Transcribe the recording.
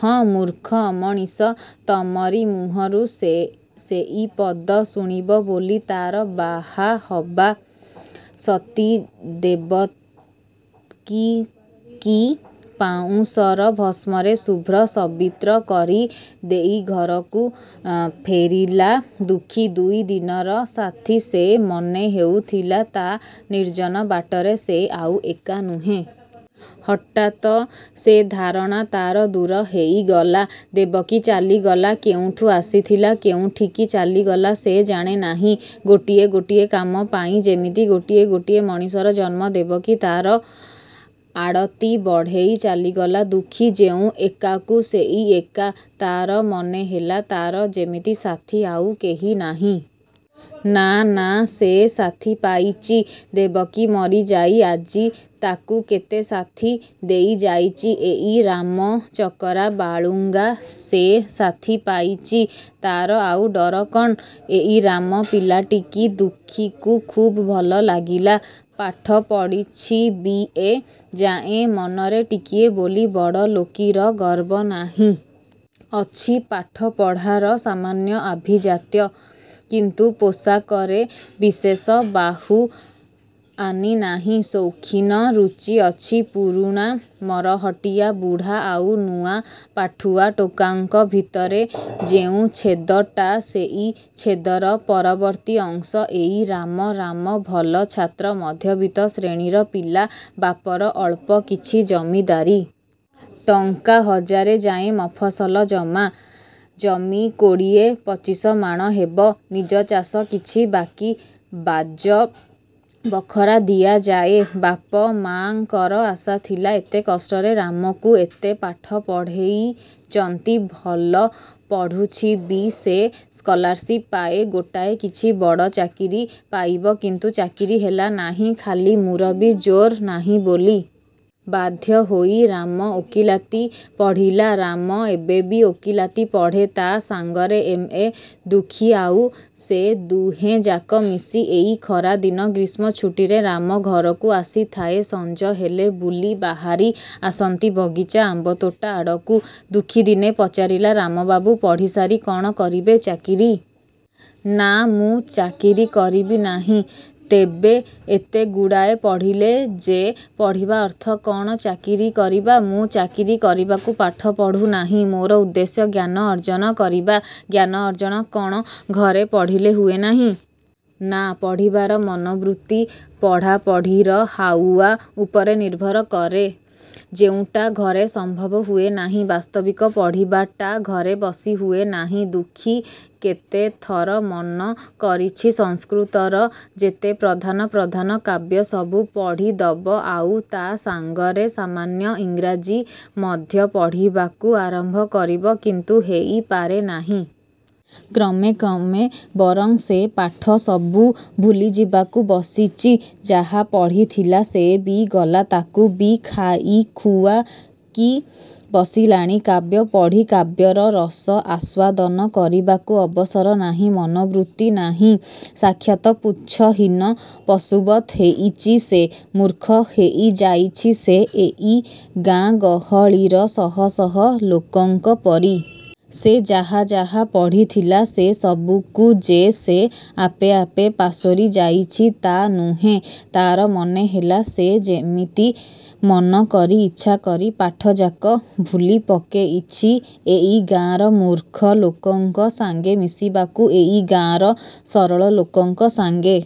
ହଁ, ମୂର୍ଖ ଅମଣିଷ–ତମରି ମୁହଁରୁ ସେ ସେଇ ପଦ ଶୁଣିବ ବୋଲି ତା'ର ବାହା ହବା। ସତୀ ଦେବକୀକି ପାଉଁଶର–ଭସ୍ମରେ ଶୁଭ୍ର ସବିତ୍ର କରି ଦେଇ ଘରକୁ ଫେରିଲା ଦୁଃଖୀ-। ଦୁଇଦିନର ସାଥୀ ସେ। ମନେ ହେଉଥିଲା, ତା' ନିର୍ଜନ ବାଟରେ ସେ ଆଉ ଏକା ନୁହେଁ। ହଠାତ ସେ ଧାରଣା ତା'ର ଦୂର ହେଇଗଲା। ଦେବକୀ ଚାଲିଗଲା–କେଉଁଠୁ ଆସିଥିଲା, କେଉଁଠିକି ଚାଲିଗଲା ସେ ଜାଣେ ନାହିଁ। ଗୋଟିଏ ଗୋଟିଏ କାମପାଇଁ ଯେମିତି ଗୋଟିଏ ଗୋଟିଏ ମଣିଷର ଜନ୍ମ। ଦେବକୀ ତା'ର ଆଡ଼ତି ବଢ଼େଇ ଚାଲିଗଲା। ଦୁଃଖୀ ଯେଉଁ ଏକାକୁ ସେଇ ଏକା-। ତା'ର ମନେ ହେଲା, ତା'ର ଯେମିତି ସାଥୀ ଆଉ କେହି ନାହିଁ। ନା–ନା–ସେ ସାଥୀ ପାଇଚି। ଦେବକୀ ମରିଯାଇ ଆଜି ତାକୁ କେତେ ସାଥୀ ଦେଇଯାଇଚି–ଏଇ ରାମ–ଚକରା–ବାଳୁଙ୍ଗା। ସେ ସାଥୀ ପାଇଚି। ତା'ର ଆଉ ଡର କ'ଣ? ଏଇ ରାମ ପିଲାଟିକି ଦୁଃଖୀକୁ ଖୁବ୍ ଭଲ ଲାଗିଲା। ପାଠ ପଢ଼ିଛି ବି. ଏ. ଯାଏଁ। ମନରେ ଟିକିଏ ବୋଲି ବଡ଼ଲୋକୀର ଗର୍ବ ନାହିଁ। ଅଛି ପାଠପଢ଼ାର ସାମାନ୍ୟ ଆଭିଜାତ୍ୟ। କିନ୍ତୁ ପୋଷାକରେ ବିଶେଷ ବାହୁଆନି ନାହିଁ–ସୌଖୀନ ରୁଚିଅଛି। ପୁରୁଣା ମରହଟ୍ଟିଆ ବୁଢ଼ା ଆଉ ନୂଆ ପାଠୁଆ ଟୋକାଙ୍କ ଭିତରେ ଯେଉଁ ଛେଦଟା ସେଇ ଛେଦର ପରବର୍ତ୍ତୀ ଅଂଶ ଏଇ ରାମ। ରାମ ଭଲ ଛାତ୍ର। ମଧ୍ୟବିତ୍ତ ଶ୍ରେଣୀର ପିଲା। ବାପର ଅଳ୍ପ କିଛି ଜମିଦାରୀ। ଟଙ୍କା ହଜାରେ ଯାଏଁ ମଫସଲ ଜମା। ଜମି କୋଡ଼ିଏ ପଚିଶମାଣ ହେବ। ନିଜଚାଷ କିଛି–ବାକି ବାଜ ବଖରା ଦିଆଯାଏ। ବାପ ମାଙ୍କର ଆଶାଥିଲା, ଏତେ କଷ୍ଟରେ ରାମକୁ ଏତେ ପାଠ ପଢ଼େଇଚନ୍ତି–ଭଲ ପଢ଼ୁଛିବି ସେ–ସ୍କଲାରଶିପ୍ ପାଏ–ଗୋଟାଏ କିଛି ବଡ଼ ଚାକିରି ପାଇବ। କିନ୍ତୁ ଚାକିରି ହେଲା ନାହିଁ–ଖାଲି ମୁରବି ଜୋର୍ ନାହିଁ ବୋଲି। ବାଧ୍ୟ ହୋଇ ରାମ ଓକିଲାତି ପଢ଼ିଲା। ରାମ ଏବେବି ଓକିଲାତି ପଢ଼େ। ତା' ସାଙ୍ଗରେ ଏମ୍. ଏ। ଦୁଃଖୀ ଆଉ ସେ ଦୁହେଁଯାକ ମିଶି–ଏଇ ଖରାଦିନ ଗ୍ରୀଷ୍ମ ଛୁଟିରେ ରାମ ଘରକୁ ଆସିଥାଏ–ସଞ୍ଜ ହେଲେ ବୁଲି ବାହାରି ଆସନ୍ତି ବଗିଚା–ଆମ୍ୱତୋଟା ଆଡ଼କୁ। ଦୁଃଖୀ ଦିନେ ପଚାରିଲା–''ରାମବାବୁ, ପଢ଼ିସାରି କ'ଣ କରିବେ–ଚାକିରି? '' ''ନା, ମୁଁ ଚାକିରି କରିବି ନାହିଁ। '' ''ତେବେ, ଏତେଗୁଡ଼ାଏ ପଢ଼ିଲେ ଯେ–'' ''ପଢ଼ିବା ଅର୍ଥ କ'ଣ ଚାକିରି କରିବା? ମୁଁ ଚାକିରି କରିବାକୁ ପାଠ ପଢ଼ୁ ନାହିଁ। ମୋର ଉଦ୍ଦେଶ୍ୟ ଜ୍ଞାନ ଅର୍ଜନ କରିବା। '' ''ଜ୍ଞାନ ଅର୍ଜନ କ'ଣ ଘରେ ପଢ଼ିଲେ ହୁଏ ନାହିଁ? '' ''ନା–ପଢ଼ିବାର ମନୋବୃତ୍ତି, ପଢ଼ାପଢ଼ିର ହାଉଆ ଉପରେ ନିର୍ଭର କଲେ–ଯେଉଁଟା ଘରେ ସମ୍ଭବ ହୁଏ ନାହିଁ। '' ବାସ୍ତବିକ ପଢ଼ିବାଟା ଘରେ ବସି ହୁଏ ନାହିଁ। ଦୁଃଖୀ କେତେଥର ମନ କରିଛି–ସଂସ୍କୃତର ଯେତେ ପ୍ରଧାନ ପ୍ରଧାନ କାବ୍ୟ ସବୁ ପଢ଼ି ଦବ ଆଉ ତା' ସାଙ୍ଗରେ ସାମାନ୍ୟ ଇଂରାଜୀ ମଧ୍ୟ ପଢ଼ିବାକୁ ଆରମ୍ଭ କରିବ–କିନ୍ତୁ ହେଇ ପାରେ ନାହିଁ। କ୍ରମେ କ୍ରମେ ବରଂ ସେ ପାଠ ସବୁ ଭୁଲିଯିବାକୁ ବସିଚି। ଯାହା ପଢ଼ିଥିଲା ସେ ବି ଗଲା–ତାକୁବି ଖାଇ ଖୁଆ କି ବସିଲାଣି। କାବ୍ୟ ପଢ଼ି କାବ୍ୟର ରସ ଆସ୍ୱାଦନ କରିବାକୁ ଅବସର ନାହିଁ–ମନୋବୃତ୍ତି ନାହିଁ। ସାକ୍ଷାତ ପୁଚ୍ଛହୀନ ପଶୁବତ୍ ହେଇଚି ସେ। ମୂର୍ଖ ହେଇଯାଇଛି ସେ ଏଇ ଗାଁ ଗହଳିର ଶହ ଶହ ଲୋକଙ୍କ ପରି। ସେ ଯାହା ଯାହା ପଢ଼ିଥିଲା, ସେ ସବୁକୁ ଯେ ସେ ଆପେ ଆପେ ପାସୋରି ଯାଇଛି, ତା' ନୁହେଁ–ତା'ର ମନେ ହେଲା, ସେ ଯେମିତି ମନ କରି, ଇଚ୍ଛା କରି ପାଠଯାକ ଭୁଲି ପକେଇଛି। ଏଇ ଗାଁର ମୂର୍ଖ ଲୋକଙ୍କ ସାଙ୍ଗେ ମିଶିବାକୁ, ଏଇ ଗାଁର ସରଳ ଲୋକଙ୍କ ସାଙ୍ଗେ